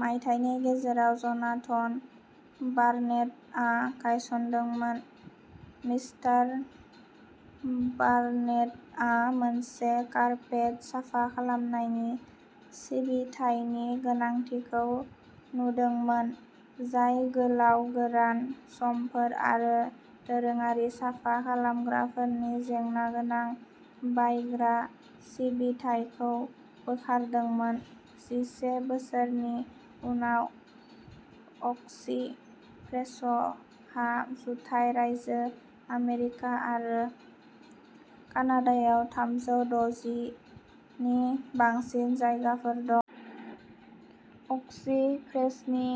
मायथाइनि गेजेराव जनाथन बार्नेटआ गायसनदोंमोन। मिस्टार बार्नेटआ मोनसे कारपेट साफा खालामनायनि सिबिथायनि गोनांथिखौ नुदोंमोन, जाय गोलाव गोरान समफोर आरो दोरोङारि साफा खालामग्राफोरनि जेंनागोनां बायग्रा सिबिथाइखौ बोखारदोंमोन। जिसे बोसोरनि उनाव, अक्सी फ्रेशहा जुथाइ रायजो आमेरिका आरो कानाडायाव थामजौ द'जिनि बांसिन जायगाफोर दं। अक्सी फ्रेशनि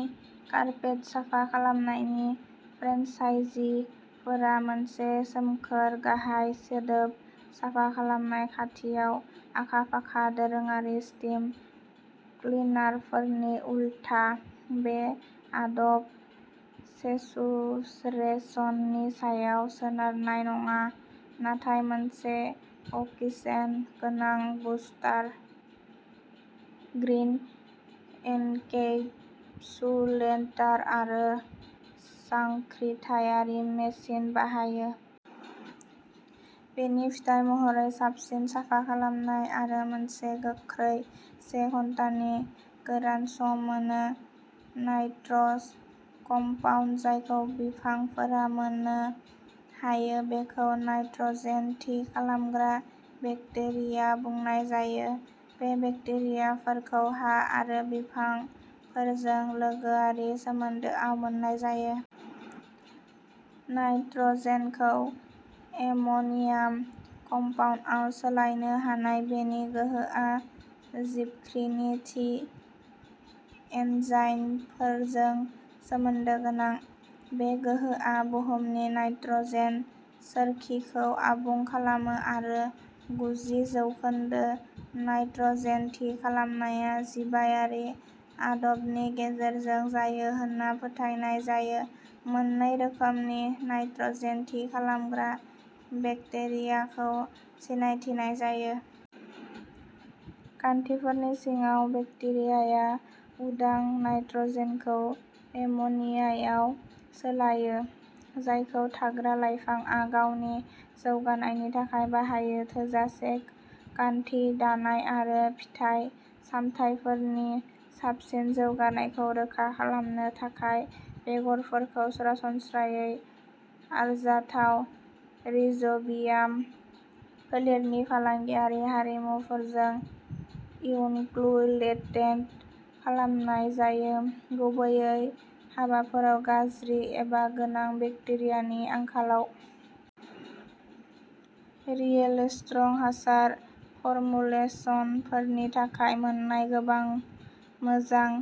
कारपेट साफा खालामनायनि फ्रेन्चाइजीफोरा मोनसे सोमखोर, गाहाय सिदोब साफा खालामनाय खाथियाव आखा फाखा। दोरोङारि स्टीम क्लिनारफोरनि उलथा, बे आदब सेचुरेशननि सायाव सोनारनाय नङा, नाथाय मोनसे अक्सिजेन गोनां बुस्टार, ग्रीन एनकेसुलेटर आरो जांख्रिथायारि मेसिन बाहायो। बेनि फिथाय महरै साबसिन साफा खालामनाय आरो मोनसे गोख्रै, से घन्टानि गोरान सम मोनो। नाइट्रस कम्पाउन्ड जायखौ बिफांफोरा मोननो हायो बेखौ नाइट्रजेन थि खालामग्रा बेक्टेरिया बुंनाय जायो। बे बेक्टेरियाफोरखौ हा आरो बिफांफोरजों लोगोआरि सोमोन्दोआव मोन्नाय जायो। नाइट्रजेनखौ एम'नियाम कम्पाउन्डआव सोलायनो हानाय बेनि गोहोआ जिबख्रिनि थि एन्जाइमफोरजों सोमोन्दो गोनां। बे गोहोआ बुहुमनि नाइट्रजेन सोरखिखौ आबुं खालामो आरो गुजि जौखोन्दो नाइट्रजेन थि खालामनाया जिबारि आदबनि गेजेरजों जायो होन्ना फोथायनाय जायो। मोननै रोखोमनि नाइट्रजेन थि खालामग्रा बेक्टेरियाखौ सिनायथिनाय जायो। गान्थिफोरनि सिङाव बेक्टेरियाया उदां नाइट्रजेनखौ एमोनियायाव सोलायो, जायखौ थाग्रा लाइफांआ गावनि जौगानायनि थाखाय बाहायो। थोजासे गान्थि दानाय आरो फिथाइ सामथाइफोरनि साबसिन जौगानायखौ रोखा खालामनो थाखाय, बेगरफोरखौ सरासनस्रायै आरजाथाव रिज'बियाम फोलेरनि फालांगियारि हारिमुफोरजों इन'क्युलेटेड खालामनाय जायो, गुबैयै हाबाफोराव गाज्रि एबा गोनां बेक्टेरियानि आंखालाव। रियेलेस्ट्रं हासार फरमुलेसनफोरनि थाखाय मोन्नाय गोबां मोजां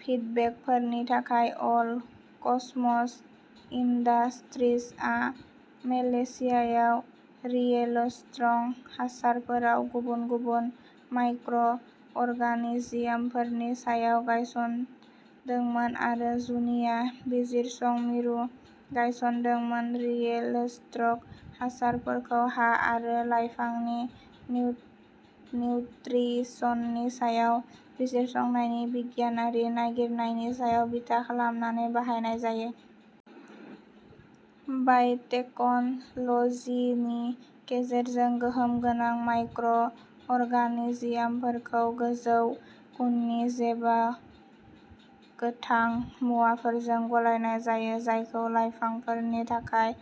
फिडबेकफोरनि थाखाय, अल कसमस इन्डास्ट्रिजआ मलेशियायाव रियेलस्ट्रं हासारफोराव गुबुन गुबुन माइक्र' अरगानिजमफोरनि सायाव गायसनदोंमोन आरो जुनिया बिजिरसं मिरु गायसनदोंमोन। रियेलस्ट्रं हासारफोरखौ हा आरो लाइफांनि निउ निउत्रिसननि सायाव बिजिरसंनायनि बिगियानारि नागिरनायनि सायाव बिथा खालामनानै बानायनाय जायो। बाय'टेकन'लजिनि गेजेरजों, गोहोम गोनां माइक्र'अरगानिजियामफोरखौ गोजौ गुननि जैबा गोथां मुवाफोरजों गलायनाय जायो, जायजों लाइफांफोरनि थाखाय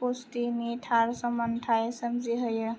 पुष्टिनि थार समानथाय सोमजिहोयो।